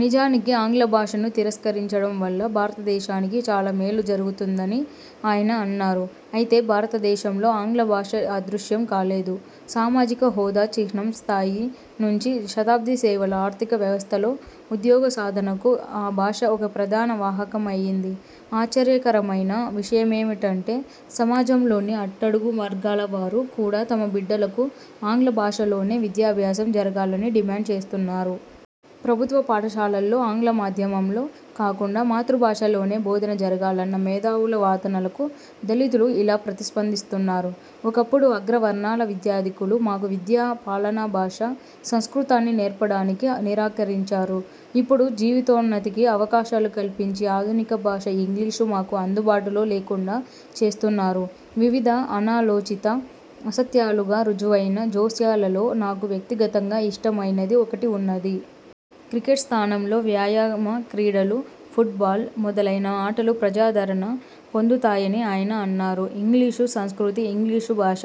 నిజానికి ఆంగ్ల భాషను తిరస్కరించడం వల్ల భారతదేశానికి చాలా మేలు జరుగుతుందని ఆయన అన్నారు. అయితే భారతదేశంలో ఆంగ్ల భాష అదృశ్యం కాలేదు. సామాజిక హోదా చిహ్నం స్థాయి నుంచి శతాబ్ది సేవల ఆర్థిక వ్యవస్థలో ఉద్యోగసాధనకు ఆ భాష ఒక ప్రధాన వాహకమయింది. ఆశ్చర్యకరమైన విషయమేమిటంటే సమాజంలోని అట్టడుగు వర్గాలవారు కూడా తమబిడ్డలకు ఆంగ్లభాషలోనే విద్యాభ్యాసం జరగాలని డిమాండ్ చేస్తున్నారు. ప్రభుత్వపాఠశాలల్లో ఆంగ్ల మాధ్యమంలో కాకుండా మాతృభాషలోనే బోధన జరగాలన్న మేధావుల వాదనలకు దళితులు ఇలా ప్రతిస్పందిస్తున్నారు: 'ఒకప్పుడు అగ్రవర్ణాల విద్యాధికులు మాకు విద్యా, పాలనాభాష సంస్కృతాన్ని నేర్పడానికి నిరాకరించారు. ఇప్పుడు జీవితోన్నతికి అవకాశాలు కల్పించే ఆధునిక భాష ఇంగ్లీషు మాకు అందుబాటులో లేకుండా చేస్తున్నారు'. వివిధ అనాలోచిత, అసత్యాలుగా రుజువయిన జోస్యాలలో నాకు వ్యక్తిగతంగా ఇష్టమయినది ఒకటి వున్నది. క్రికెట్ స్థానంలో వ్యాయామక్రీడలు, పుట్బాల్ మొదలైన ఆటలు ప్రజాదరణ పొందుతాయని ఆయన అన్నారు. 'ఇంగ్లీషు సంస్కృతి, ఇంగ్లీషు భాష,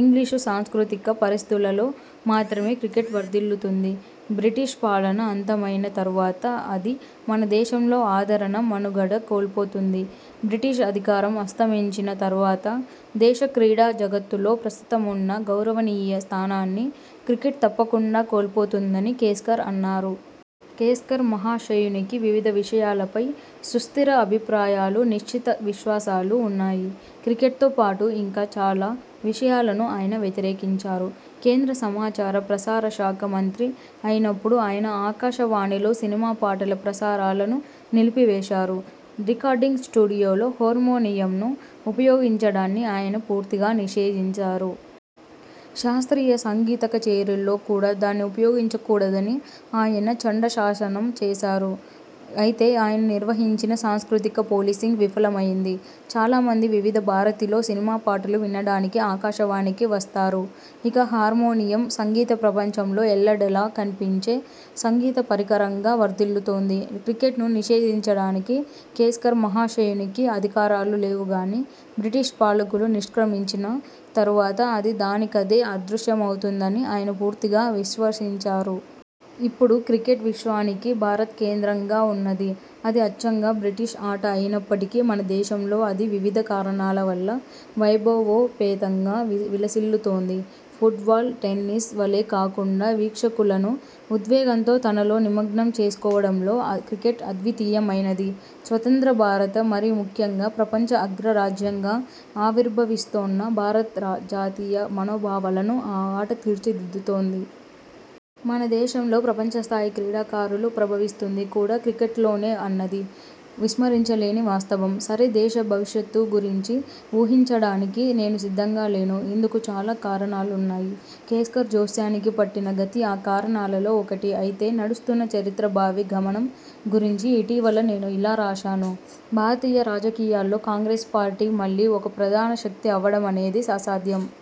ఇంగ్లీషు సాంస్కృతిక పరిస్థితులలో మాత్రమే క్రికెట్ వర్ధిల్లుతుంది. బ్రిటిష్ పాలన అంతమైన తరువాత అది మన దేశంలో ఆదరణ, మనుగడ కోల్పోతుంది. బ్రిటిష్ అధికారం అస్తమించిన తరువాత, దేశ క్రీడా జగత్తులో ప్రస్తుతమున్న గౌరవనీయ స్థానాన్ని క్రికెట్ తప్పకుండా కోల్పోతుందని' కేస్కర్ అన్నారు. కేస్కర్ మహాశయునికి వివిధ విషయాలపై సుస్థిర అభిప్రాయాలు, నిశ్చిత విశ్వాసాలు వున్నాయి. క్రికెట్తో పాటు ఇంకా చాలా విషయాలను ఆయన వ్యతిరేకించారు. కేంద్ర సమాచార, ప్రసారశాఖ మంత్రి అయినప్పుడు ఆయన ఆకాశవాణిలో సినిమా పాటల ప్రసారాలను నిలిపివేశారు. రికార్డింగ్ స్టూడియోలో హోర్మోనియంను ఉపయోగించడాన్ని ఆయన పూర్తిగా నిషేధించారు. శాస్త్రీయ సంగీతకచేరీల్లో కూడా దాన్ని ఉపయోగించకూడదని ఆయన చండ శాసనం చేశారు. అయితే ఆయన నిర్వహించిన సాంస్కృతిక పోలీసింగ్ విఫలమయింది. చాలామంది వివిధ భారతిలో సినిమాపాటలు వినడానికే ఆకాశవాణికి వస్తారు. ఇక హార్మోనియం, సంగీత ప్రపంచంలో ఎల్లెడలా కన్పించే సంగీత పరికరంగా వర్ధిల్లుతోంది. క్రికెట్ను నిషేధించడానికి కేస్కర్ మహాశయునికి అధికారాలు లేవుగానీ, బ్రిటిష్ పాలకులు నిష్ర్కమించిన తరువాత అది దానికదే అదృశ్యమవుతుందని ఆయన పూర్తిగా విశ్వసించారు. ఇప్పుడు క్రికెట్ విశ్వానికి భారత్ కేంద్రంగా వున్నది. అది అచ్చంగా బ్రిటిష్ ఆట అయినప్పటికీ మన దేశంలో అది వివిధ కారణాల వల్ల వైభవోపేతంగా విలసిల్లుతోంది. ఫుట్బాల్, టెన్నిస్ వలే కాకుండా వీక్షకులను ఉద్వేగంతో తనలో నిమగ్నం చేసుకోవడంలో క్రికెట్ అద్వితీయమైనది. స్వతంత్రభారత, మరీముఖ్యంగా ప్రపంచ అగ్రరాజ్యంగా ఆవర్భివిస్తోన్న భారత్ జాతీయ మనోభావాలను ఆ ఆట తీర్చిదిద్దుతోంది. మన దేశంలో ప్రపంచస్థాయి క్రీడాకారులు ప్రభవిస్తుంది కూడా క్రికెట్లోనే అన్నది విస్మరించలేని వాస్తవం. సరే, దేశ భవిష్యత్తు గురించి ఊహించడానికి నేను సిద్ధంగా లేను. ఇందుకు చాలా కారణాలున్నాయి. కేస్కర్ జోస్యానికి పట్టిన గతి ఆ కారణాలలో ఒకటి. అయితే, నడుస్తున్న చరిత్ర భావి గమనం గురించి ఇటీవల నేను ఇలా రాశాను: 'భారతీయ రాజకీయాల్లో కాంగ్రెస్ పార్టీ మళ్ళీ ఒక ప్రధాన శక్తి అవ్వడమనేది అసాధ్యం.